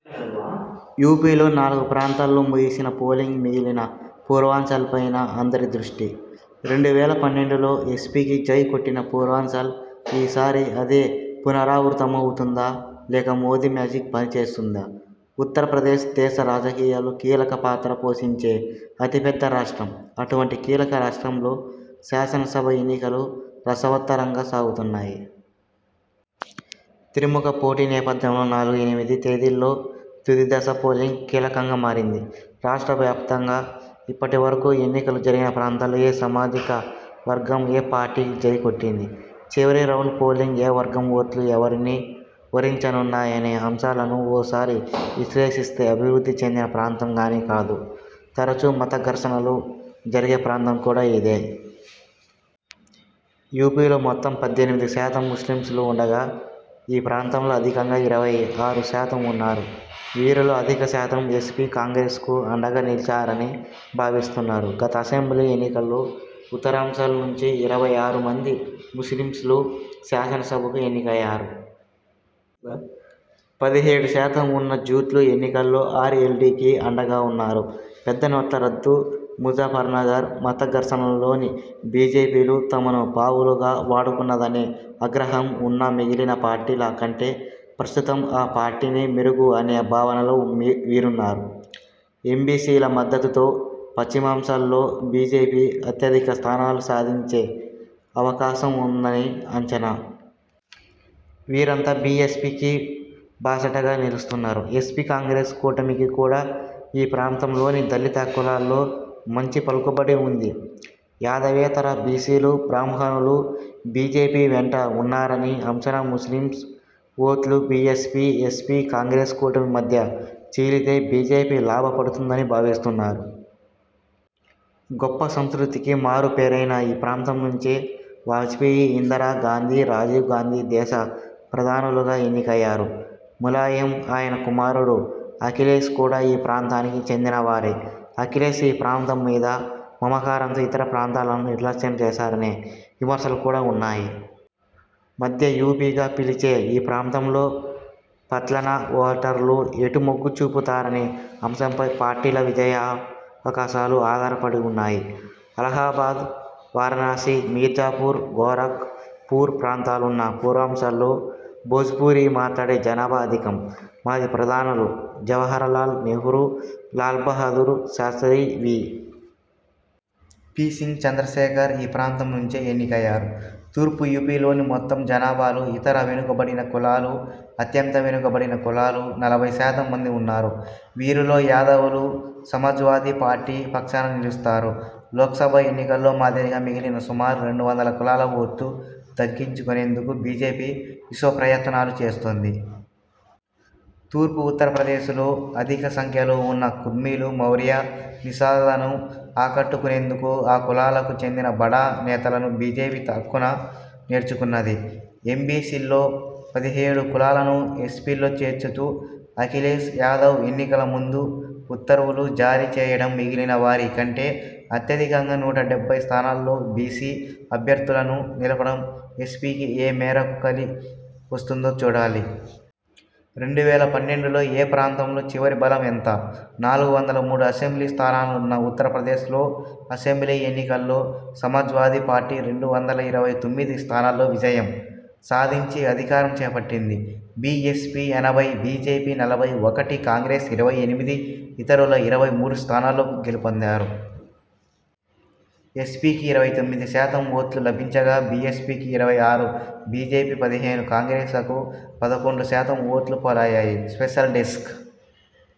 యూపీలో నాలుగు ప్రాంతాల్లో ముగిసిన పోలింగ్ మిగిలిన పూర్వాంచల్పైనే అందరి దృష్టి. రెండు వేల పన్నెండులో ఎస్పీకి జై కొట్టిన పూర్వాంచల్ ఈ సారీ అదే పునరావృతమవుతుందా? లేక మోదీ మ్యాజిక్ పనిచేస్తుందా? ఉత్తరప్రదేశ్, దేశ రాజకీయాల్లో కీలక పాత్ర పోషించే అతి పెద్ద రాష్ట్రం, అటువంటి కీలక రాష్ట్రంలో శాసన సభ ఎన్నికలు రసవత్త రంగా సాగుతున్నాయి. త్రిముఖ పోటీ నేపథ్యంలో నాలుగు, ఎనిమిది తేదీల్లో తుదిదశ పోలింగ్ కీలకంగా మారింది. రాష్ట్ర వ్యాప్తంగా ఇప్పటి వరకు ఎన్నికలు జరిగిన ప్రాంతాల్లో ఏ సామాజిక వర్గం ఏ పార్టీకి జై కొట్టింది? చివరి రౌండ్ పోలింగ్లో ఏ వర్గం ఓట్లు ఎవరిని వరించనున్నాయనే అంశాలను ఓ సారి విశ్లేషిస్తే, అభివృద్ధి చెందిన ప్రాంతం గానే కాదు తరచూ మత ఘర్షణలు జరిగే ప్రాంతం కూడా ఇదే. యూపీలో మొత్తం పద్దెనిమిది శాతం ముస్లింలు ఉండగా ఈ ప్రాంతంలో అధికంగా ఇరవై ఆరు శాతం ఉన్నారు. వీరిలో అధిక శాతం ఎస్పీ, కాంగ్రెస్ కు అండగా నిలిచారని భావిస్తున్నారు. గత అసెంబ్లీ ఎన్నికల్లో ఉత్తరాంచల్ నుంచి ఇరవై ఆరు మంది ముస్లింలు శాసన సభకు ఎన్నికయ్యారు. పదిహేడు శాతం ఉన్న జూట్లు ఎన్నికల్లో అర్ఎల్డీకి అండగా ఉన్నారు. పెద్ద నోట్ల రద్దు, ముజఫర్నగర్ మత ఘర్షణల్లోని బీజేపీ తమను పావులుగా వాడుకున్నదనే అగ్రహం ఉన్నా మిగిలిన పార్టీల కంటే ప్రస్తుతం ఆ పార్టీనే మెరుగు అనే భావనలో వీరున్నారు. ఎంబీసీల మద్దతుతో పశ్చిమాంచల్లో బీజేపీ అత్యధిక స్థానాలు సాధించే అవకాశం ఉందని అంచనా. వీరంతా బీఎస్పీకి బాసటగా నిలుస్తున్నారు. ఎస్పి, కాంగ్రెస్ కూటమికి కూడా ఈ ప్రాంతం లోని దళిత కులాల్లో మంచి పలుకుబడి ఉంది. యాదవేతర బీసీలు, బ్రాహ్మణులు బీజేపీ వెంట ఉన్నారని అంచనా. ముస్లిమ్స్ ఓట్లు బీఎస్పీ, ఎస్పీ, కాంగ్రెస్ కూటమి మధ్య చీలితే బీజేపీ లాభపడుతుందని భావిస్తున్నారు. గొప్ప సంస్కృతికి మారు పేరైన ఈ ప్రాంతం నుంచే వాజ్పేయి, ఇందిరా గాంధీ, రాజీవ్ గాంధీ దేశ ప్రధానులుగా ఎన్నికయ్యారు. ములాయం, ఆయన కుమారుడు అఖిలేశ్ కూడా ఈ ప్రాంతానికి చెందిన వారే. అఖిలేశ్ ఈ ప్రాంతం మీద మమకారంతో ఇతర ప్రాంతాలను నిర్లక్ష్యం చేశారనే విమర్శలు కూడా ఉన్నాయి. మధ్య యూపీగా పిలిచే ఈ ప్రాంతంలో పట్లణ ఓటర్లు ఎటు మొగ్గు చూపుతారనే అంశంపై పార్టీల విజయావకాశాలు ఆధారపడి ఉన్నాయి. అలహాబాద్, వారణాసి, మీర్జాపూర్, గోరఖ్ పూర్ ప్రాంతాలున్న పూర్వాంచల్లో భోజ్పూరీ మాట్లాడే జనాభా అధికం. మాజీ ప్రధానులు జవహర్లాల్ నెహ్రూ, లాల్బహదూర్ శాస్త్రీ, వి. పి. సింగ్, చంద్రశేఖర్ ఈ ప్రాంతం నుంచే ఎన్నికయ్యారు. తూర్పు యూపీలోని మొత్తం జనాభాలో ఇతర వెనుకబడిన కులాలు, అత్యంత వెనుక బడిన కులాలు నలభై శాతం మంది ఉన్నారు. వీరిలో యాదవులు సమాజ్వాదీ పార్టీ పక్షాన నిలుస్తారు. లోక్సభ ఎన్నికల్లో మాదిరిగా మిగిలిన సుమారు రెండు వందల కులాల ఓట్లు దక్కించుకునేందుకు బీజేపీ విశ్వప్రయత్నాలు చేస్తోంది. తూర్పు ఉత్తరప్రదేశలో అధిక సంఖ్యలో ఉన్న కుర్మీలు, మౌర్య, నిషాద్లను ఆకట్టు కునేందుకు ఆ కులాలకు చెందిన బడా నేతలను బీజేపీ అక్కున చేర్చుకున్నది. ఎంబీసీల్లో పదిహేడు కులాలను ఎస్సీల్లో చేర్చుతూ అఖిలేశ్ యాదవ్ ఎన్నికల ముందు ఉత్తర్వులు జారీ చేయడం, మిగిలిన వారి కంటే అత్యధికంగా నూట డెబ్బై స్థానాల్లో బీసీ అభ్యర్థులను నిలపడం ఎస్పీకి ఏ మేరకు కలి వస్తుందో చూడాలి. రెండు వేల పన్నెండులో ఏ ప్రాంతంలో ఎవరి బలం ఎంత? నాలుగు వందల మూడు అసెంబ్లీ స్థానాలున్న ఉత్తరప్రదేశ్ లో అసెంబ్లీ ఎన్నికల్లో సమాజ్వాదీ పార్టీ రెండు వందల ఇరవై తొమ్మిది స్థానాల్లో విజయం సాధించి అధికారం చేపట్టింది. బీఎస్పీ ఎనభై, బీజేపీ నలభై ఒకటి, కాంగ్రెస్ ఇరవై ఎనిమిది, ఇతరులు ఇరవై మూడు స్థానాల్లో గెలుపొందారు. ఎస్పీకి ఇరవై తొమ్మిది శాతం ఓట్లు లభించగా, బీఎస్పీకి ఇరవై ఆరు, బీజేపీ పదిహేను, కాంగ్రె్సకు పదకొండు శాతం ఓట్లు పోలయ్యాయి. Special desk